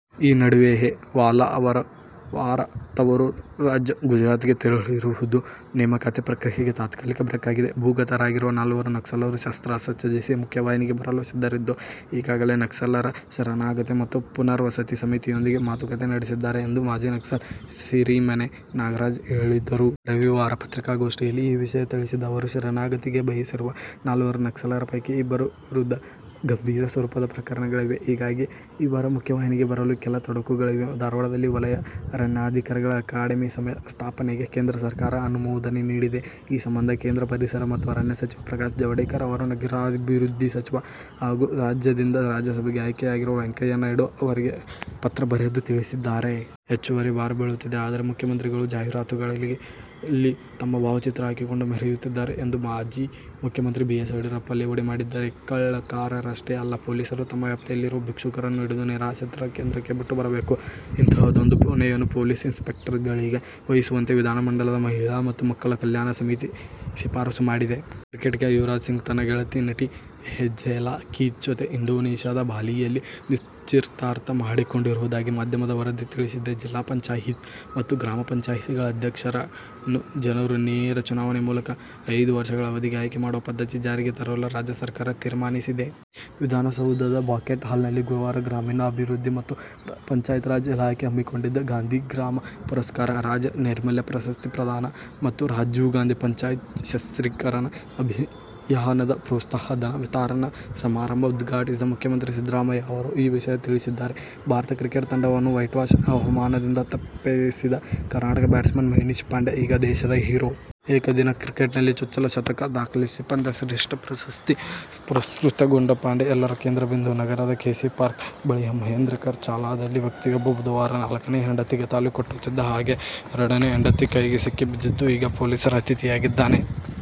ಈ ನಡುವೆಯೇ ವಾಲಾ ಅವರು ವಾರ ತವರು ರಾಜ್ಯ ಗುಜರಾತ್ಗೆ ತೆರಳಿರುವುದು ನೇಮಕಾತಿ ಪ್ರಕ್ರಿಯೆಗೆ ತಾತ್ಕಾಲಿಕ ಬ್ರೇಕ್ ಹಾಕಿದೆ. ಭೂಗತರಾಗಿರುವ ನಾಲ್ವರು ನಕ್ಸಲರು ಶಸ್ತ್ರಾಸ್ತ್ರ ತ್ಯಜಿಸಿ ಮುಖ್ಯವಾಹಿನಿಗೆ ಬರಲು ಸಿದ್ಧರಿದ್ದು, ಈಗಾಗಲೇ ನಕ್ಸಲರ ಶರಣಾಗತಿ ಮತ್ತು ಪುನರ್ವಸತಿ ಸಮಿತಿಯೊಂದಿಗೆ ಮಾತುಕತೆ ನಡೆಸಿದ್ದಾರೆ ಎಂದು ಮಾಜಿ ನಕ್ಸಲ್ ಸಿರಿಮನೆ ನಾಗರಾಜ ಹೇಳಿದರು. ರವಿವಾರ ಪತ್ರಿಕಾಗೋಷ್ಠಿಯಲ್ಲಿ ಈ ವಿಷಯ ತಿಳಿಸಿದ ಅವರು, ಶರಣಾಗತಿಗೆ ಬಯಸಿರುವ ನಾಲ್ವರು ನಕ್ಸಲರ ಪೈಕಿ ಇಬ್ಬರ ವಿರುದ್ಧ ಗಂಭೀರ ಸ್ವರೂಪದ ಪ್ರಕರಣಗಳಿವೆ. ಹೀಗಾಗಿ ಇವರು ಮುಖ್ಯವಾಹಿನಿಗೆ ಬರಲು ಕೆಲ ತೊಡಕುಗಳಿವೆ. ಧಾರವಾಡದಲ್ಲಿ ವಲಯ ಅರಣ್ಯಾಧಿಕಾರಿಗಳ ಅಕಾಡೆಮಿ ಸ್ಥಾಪನೆಗೆ ಕೇಂದ್ರ ಸರ್ಕಾರ ಅನುಮೋದನೆ ನೀಡಿದೆ. ಈ ಸಂಬಂಧ ಕೇಂದ್ರ ಪರಿಸರ ಮತ್ತು ಅರಣ್ಯ ಸಚಿವ ಪ್ರಕಾಶ್ ಜಾವಡೇಕರ್ ಅವರು ನಗರಾಭಿವೃದ್ಧಿ ಸಚಿವ ಹಾಗೂ ರಾಜ್ಯದಿಂದ ರಾಜ್ಯಸಭೆಗೆ ಆಯ್ದೆಯಾಗಿರುವ ವೆಂಕಯ್ಯನಾಯ್ಡು ಅವರಿಗೆ ಪತ್ರ ಬರೆದು ತಿಳಿಸಿದ್ದಾರೆ. ಹೆಚ್ಚುವರಿ ಭಾರ ಬೀಳುತ್ತಿದೆ. ಆದರೆ, ಮುಖ್ಯಮಂತ್ರಿಗಳು ಜಾಹೀರಾತುಗಳಲ್ಲಿ ತಮ್ಮ ಭಾವಚಿತ್ರ ಹಾಕಿಕೊಂಡು ಮೆರೆಯುತ್ತಿದ್ದಾರೆ ಎಂದು ಮಾಜಿ ಮುಖ್ಯಮಂತ್ರಿ ಬಿ. ಎಸ್. ಯಡಿಯೂರಪ್ಪ ಲೇವಡಿ ಮಾಡಿದ್ದಾರೆ. ಕಳ್ಳಕಾಕರಷ್ಟೇ ಅಲ್ಲ, ಪೊಲೀಸರು ತಮ್ಮ ವ್ಯಾಪ್ತಿಯಲ್ಲಿರುವ ಭಿಕ್ಷುಕರನ್ನೂ ಹಿಡಿದು ನಿರಾಶ್ರಿತರ ಕೇಂದ್ರಕ್ಕೆ ಬಿಟ್ಟು ಬರಬೇಕು. ಇಂತಹದ್ದೊಂದು ಹೊಣೆಯನ್ನು ಪೊಲೀಸ್ ಇನ್ಸ್ಪೆಕ್ಟರ್ಗಳಿಗೆ ವಹಿಸುವಂತೆ ವಿಧಾನಮಂಡಲದ ಮಹಿಳಾ ಮತ್ತು ಮಕ್ಕಳ ಕಲ್ಯಾಣ ಸಮಿತಿ ಶಿಫಾರಸು ಮಾಡಿದೆ. ಕ್ರಿಕೆಟಿಗ ಯುವರಾಜ್ ಸಿಂಗ್ ತನ್ನ ಗೆಳತಿ, ನಟಿ ಹೇಜೆಲ್ ಕೀಚ್ ಜೊತೆ ಇಂಡೋನೇಷ್ಯಾದ ಬಾಲಿಯಲ್ಲಿ ನಿಶ್ಚಿತಾರ್ಥ ಮಾಡಿಕೊಂಡಿರುವುದಾಗಿ ಮಾಧ್ಯಮದ ವರದಿ ತಿಳಿಸಿದೆ. ಜಿಲ್ಲಾ ಪಂಚಾಯ್ತಿ ಮತ್ತು ಗ್ರಾಮ ಪಂಚಾಯ್ತಿಗಳ ಅಧ್ಯಕ್ಷರನ್ನು ಜನರೇ ನೇರ ಚುನಾವಣೆ ಮೂಲಕ ಐದು ವರ್ಷಗಳ ಅವಧಿಗೆ ಆಯ್ಕೆ ಮಾಡುವ ಪದ್ಧತಿ ಜಾರಿಗೆ ತರಲು ರಾಜ್ಯ ಸರ್ಕಾರ ತೀರ್ಮಾನಿಸಿದೆ. ವಿಧಾನಸೌಧದ ಬ್ಯಾಂಕ್ವೆಟ್ ಹಾಲ್ನಲ್ಲಿ ಗುರುವಾರ ಗ್ರಾಮೀಣಾಭಿವೃದ್ಧಿ ಮತ್ತು ಪಂಚಾಯತ್ರಾಜ್ ಇಲಾಖೆ ಹಮ್ಮಿಕೊಂಡಿದ್ದ ಗಾಂಧಿ ಗ್ರಾಮ ಪುರಸ್ಕಾರ, ರಾಜ್ಯ ನೈರ್ಮಲ್ಯ ಪ್ರಶಸ್ತಿ ಪ್ರದಾನ ಮತ್ತು ರಾಜೀವ್ಗಾಂಧಿ ಪಂಚಾಯತ್ ಸಶಸ್ತೀಕರಣ ಅಭಿಯಾನದ ಪ್ರೋತ್ಸಾಹಧನ ವಿತರಣಾ ಸಮಾರಂಭ ಉದ್ಘಾಟಿಸಿದ ಮುಖ್ಯಮಂತ್ರಿ ಸಿದ್ದರಾಮಯ್ಯ ಅವರು ಈ ವಿಷಯ ತಿಳಿಸಿದ್ದಾರೆ. ಭಾರತ ಕ್ರಿಕೆಟ್ ತಂಡವನ್ನು ವೈಟ್ವಾಷ್ ಅವಮಾನದಿಂದ ತಪ್ಪಿಸಿದ ಕರ್ನಾಟಕ ಬ್ಯಾಟ್ಸ್ಮನ್ ಮನೀಶ್ ಪಾಂಡೆ ಈಗ ದೇಶದ ಹೀರೋ. ಏಕದಿನ ಕ್ರಿಕೆಟ್ನಲ್ಲಿ ಚೊಚ್ಚಲ ಶತಕ ದಾಖಲಿಸಿ ಪಂದ್ಯಶ್ರೇಷ್ಠ ಪ್ರಶಸ್ತಿ ಪುರಸ್ಕೃತಗೊಂಡ ಪಾಂಡೆ ಎಲ್ಲರ ಕೇಂದ್ರಬಿಂದು. ನಗರದ ಕೆ. ಸಿ. ಪಾರ್ಕ್ ಬಳಿಯ ಮಹೇಂದ್ರಕರ ಚಾಳದಲ್ಲಿ ವ್ಯಕ್ತಿಯೊಬ್ಬ ಬುಧವಾರ ನಾಲ್ಕನೇ ಹೆಂಡತಿಗೆ ತಾಳಿ ಕಟ್ಟುತ್ತಿದ್ದ ಹಾಗೆ ಎರಡನೇ ಹೆಂಡತಿ ಕೈಗೆ ಸಿಕ್ಕಿ ಬಿದ್ದಿದ್ದು, ಈಗ ಪೊಲೀಸರ ಅತಿಥಿಯಾಗಿದ್ದಾನೆ.